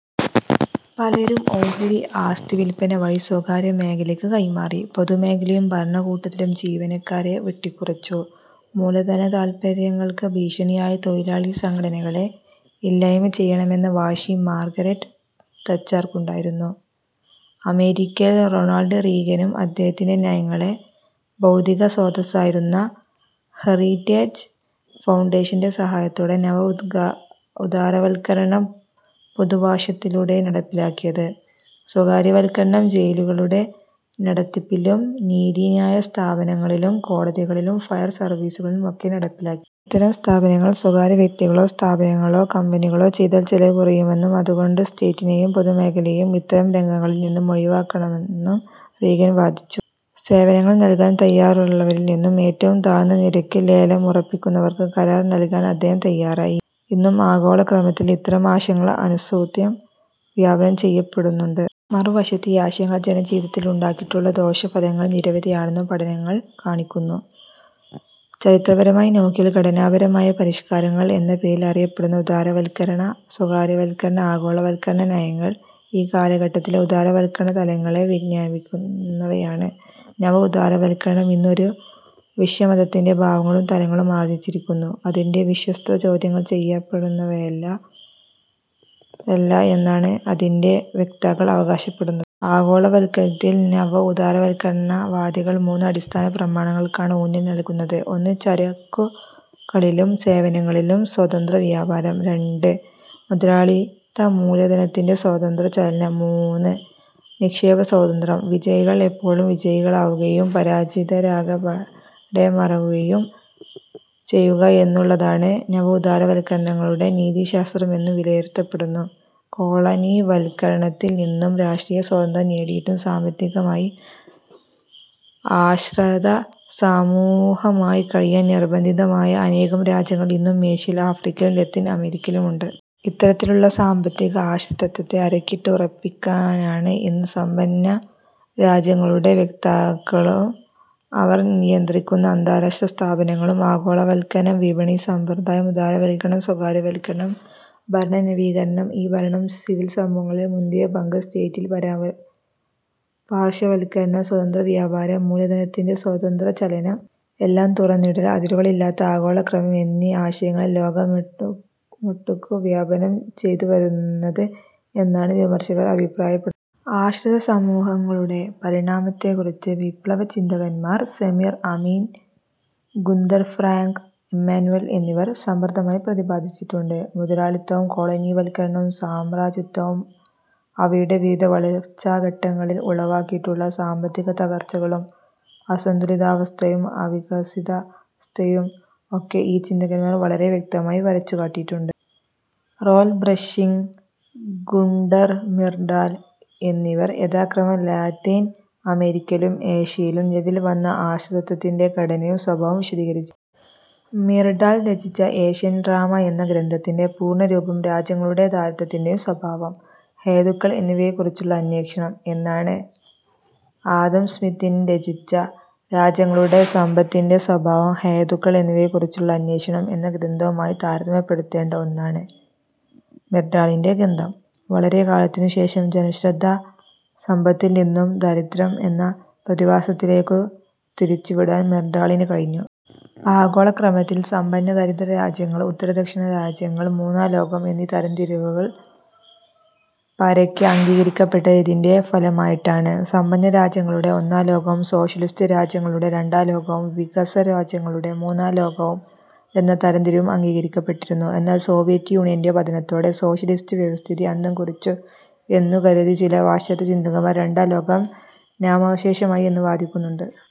പലതും ഓഹരി ആസ്തിവില്പന വഴി സ്വകാര്യമേഖലയ്ക്ക് കൈമാറി. പൊതുമേഖലയിലും ഭരണകൂടത്തിലും ജീവനക്കാരെ വെട്ടിക്കുറച്ചു. മൂലധനതാത്പര്യങ്ങൾക്ക് ഭീഷണിയായ തൊഴിലാളി സംഘടനകളെ ഇല്ലായ്മ ചെയ്യണമെന്ന വാശി മാർഗരറ്റ് താച്ചർക്കുണ്ടായിരുന്നു. അമേരിക്കയിൽ റൊണാൾഡ് റീഗനും അദ്ദേഹത്തിന്റെ നയങ്ങളുടെ ബൗദ്ധികസ്രോതസ്സായിരുന്ന ഹെറിറ്റേജ് ഫൗണ്ടേഷന്റെ സഹായത്തോടെ നവ ഉദാരവത്കരണം പുതുഭാഷ്യത്തിലൂടെയാണ് നടപ്പാക്കിയത്. സ്വകാര്യവത്കരണം ജയിലുകളുടെ നടത്തിപ്പിലും നീതിന്യായസ്ഥാപനങ്ങളിലും കോടതികളിലും ഫയർസർവീസിലും ഒക്കെ നടപ്പാക്കി. ഇത്തരം സേവനങ്ങൾ സ്വകാര്യവ്യക്തികളോ സ്ഥാപനങ്ങളോ കമ്പനികളോ ചെയ്താൽ ചെലവ് കുറയുമെന്നും അതുകൊണ്ട് സ്റ്റേറ്റിനെയും പൊതുമേഖലയെയും ഇത്തരം രംഗങ്ങളിൽനിന്നും ഒഴിവാക്കാമെന്നും റീഗൻ വാദിച്ചു. സേവനങ്ങൾ നൽകാൻ തയ്യാറുള്ളവരിൽനിന്നും ഏറ്റവും താഴ്ന്ന നിരക്കിൽ ലേലം ഉറപ്പിക്കുന്നവർക്ക് കരാർ നൽകാൻ അദ്ദേഹം തയ്യാറായി. ഇന്നും ആഗോളക്രമത്തിൽ ഇത്തരം ആശയങ്ങൾ അനുസ്യൂതം വ്യാപനം ചെയ്യപ്പെടുന്നുണ്ട്. മറുവശത്ത് ഈ ആശയങ്ങൾ ജനജീവിതത്തിൽ ഉണ്ടാക്കിയിട്ടുള്ള ദോഷഫലങ്ങൾ നിരവധിയാണെന്നും പഠനങ്ങൾ കാണിക്കുന്നു. ചരിത്രപരമായി നോക്കിയാൽ ഘടനാപരമായ പരിഷ്കാരങ്ങൾ എന്ന പേരിൽ അറിയപ്പെടുന്ന ഉദാരവത്കരണ, സ്വകാര്യവത്കരണ, ആഗോളവത്കരണനയങ്ങൾ ഈ കാലഘട്ടത്തിലെ ഉദാരവത്കരണതലങ്ങളെ വ്യഞ്ജിപ്പിക്കുന്നവയാണ്. നവഉദാരവത്കരണം ഇന്ന് ഒരു വിശ്വമതത്തിന്റെ ഭാവങ്ങളും തലങ്ങളും ആർജിച്ചിരിക്കുന്നു. അതിന്റെ വിശ്വാസ്യത ചോദ്യം ചെയ്യപ്പെടാവുന്നതല്ല എന്നാണ് അതിന്റെ വക്താക്കൾ അവകാശപ്പെടുന്നത്. ആഗോളതലത്തിൽ നവ ഉദാരവത്കരണവാദികൾ മൂന്ന് അടിസ്ഥാനപ്രമാണങ്ങൾക്കാണ് ഊന്നൽ നൽകുന്നത്. ഒന്ന്, ചരക്കുകളിലും സേവനങ്ങളിലും സ്വതന്ത്രവ്യാപാരം. രണ്ട്, മുതലാളിത്തമൂലധനത്തിന്റെ സ്വതന്ത്രചലനം. മൂന്ന്, നിക്ഷേപസ്വാതന്ത്ര്യം. വിജയികൾ എപ്പോഴും വിജയികളാകുകയും പരാജിതരെ പാടെ മറക്കുകയും ചെയ്യുക എന്നുള്ളതാണ് നവ ഉദാരവത്കരണവാദികളുടെ നീതിശാസ്ത്രം എന്ന് വിലയിരുത്തപ്പെടുന്നു. കോളനിവത്കരണത്തിൽനിന്നും രാഷ്ട്രീയസ്വാതന്ത്ര്യം നേടിയിട്ടും സാമ്പത്തികമായി ആശ്രിതസമൂഹമായി കഴിയാൻ നിർബന്ധിതമായ അനേകം രാജ്യങ്ങൾ ഇന്നും ഏഷ്യയിലും ആഫ്രിക്കയിലും ലത്തീൻ അമേരിക്കയിലുമുണ്ട്. ഇത്തരത്തിലുള്ള സാമ്പത്തിക ആശ്രിതത്വത്തെ അരക്കിട്ട് ഉറപ്പിക്കാനാണ് ഇന്ന് സമ്പന്ന രാജ്യങ്ങളുടെ വക്താക്കളും അവർ നിയന്ത്രിക്കുന്ന അന്താരാഷ്ട്രസ്ഥാപനങ്ങളും ആഗോളവത്കരണം, വിപണിസമ്പ്രദായം, ഉദാരവത്കരണം, സ്വകാര്യവത്കരണം, ഭരണനവീകരണം, ഈ-ഭരണം, സിവിൽ സമൂഹങ്ങൾക്ക് മുന്തിയ പങ്ക്, സ്റ്റേറ്റിന്റെ പാർശ്വവത്കരണം, സ്വതന്ത്രവ്യാപാരം, മൂലധനത്തിന്റെ സ്വതന്ത്രചലനം, എല്ലാം തുറന്നിടൽ, അതിരുകളില്ലാത്ത ആഗോളക്രമം എന്നീ ആശയങ്ങൾ ലോകമൊട്ടുക്കു വ്യാപനം ചെയ്തുവരുന്നത് എന്നാണു വിമർശകർ അഭിപ്രായപ്പെടുന്നത്. ആശ്രിതസമൂഹങ്ങളുടെ പരിണാമത്തെക്കുറിച്ച് വിപ്ലവചിന്തകന്മാരായ Samir Amin, Gunder Frank, Immanuel എന്നിവർ സമർഥമായി പ്രതിപാദിച്ചിട്ടുണ്ട്. മുതലാളിത്തവും, കോളനിവത്കരണവും, സാമ്രാജ്യത്വവും അവയുടെ വിവിധ വളർച്ചാഘട്ടങ്ങളിൽ ഉളവാക്കിയിട്ടുള്ള സാമ്പത്തികത്തകർച്ചകളും അസന്തുലിതാവസ്ഥയും അവികസിതാവസ്ഥയും ഒക്കെ ഈ ചിന്തകന്മാർ വളരെ വ്യക്തമായി വരച്ചുകാട്ടിയിട്ടുണ്ട്. റോൽ പ്രെബിഷ്, ഗുണ്ടർ മിർഡാൽ എന്നിവർ യഥാക്രമം ലത്തീൻ അമേരിക്കയിലും ഏഷ്യയിലും നിലവിൽവന്ന ആശ്രിതത്വത്തിന്റെ ഘടനയും സ്വഭാവവും വിശദീകരിച്ചിട്ടുണ്ട്. മിർഡാൽ രചിച്ച ഏഷ്യൻ ഡ്രാമ എന്ന ഗ്രന്ഥത്തിന്റെ പൂർണരൂപം 'രാജ്യങ്ങളുടെ ദാരിദ്യ്രത്തിന്റെ സ്വഭാവം, ഹേതുക്കൾ എന്നിവയെക്കുറിച്ചുള്ള അന്വേഷണം' എന്നാണ്. ആഡം സ്മിത്ത് രചിച്ച 'രാജ്യങ്ങളുടെ സമ്പത്തിന്റെ സ്വഭാവം, ഹേതുക്കൾ എന്നിവയെക്കുറിച്ചുള്ള അന്വേഷണം' എന്ന ഗ്രന്ഥവുമായി താരതമ്യപ്പെടുത്തേണ്ട ഒന്നാണ് മിർഡാളിന്റെ ഗ്രന്ഥം. വളരെക്കാലത്തിനുശേഷം ജനശ്രദ്ധ സമ്പത്തിൽനിന്നും ദാരിദ്യ്രം എന്ന പ്രതിഭാസത്തിലേക്കു തിരിച്ചുവിടാൻ മിർഡാളിനു കഴിഞ്ഞു. ആഗോളക്രമത്തിൽ സമ്പന്ന-ദരിദ്രരാജ്യങ്ങൾ, ഉത്തര-ദക്ഷിണരാജ്യങ്ങൾ, മൂന്നാംലോകം എന്നീ തരംതിരിവുകൾ പരക്കെ അംഗീകരിക്കപ്പെട്ടത് ഇതിന്റെ ഫലമായിട്ടാണ്. സമ്പന്നരാജ്യങ്ങളുടെ ഒന്നാംലോകവും, സോഷ്യലിസ്റ്റ് രാജ്യങ്ങളുടെ രണ്ടാംലോകവും, വികസ്വരരാജ്യങ്ങളുടെ മൂന്നാംലോകവും എന്ന തരംതിരിവും അംഗീകരിക്കപ്പെട്ടിരുന്നു. എന്നാൽസോവിയറ്റ് യൂണിയന്റെ പതനത്തോടെ, സോഷ്യലിസ്റ്റ് വ്യവസ്ഥിതിയുടെ അന്ത്യം കുറിച്ചു എന്ന് കരുതിയ ചില പാശ്ചാത്യചിന്തകർ രണ്ടാം ലോകം നാമാവശേഷമായി എന്നു വാദിക്കുന്നുണ്ട്.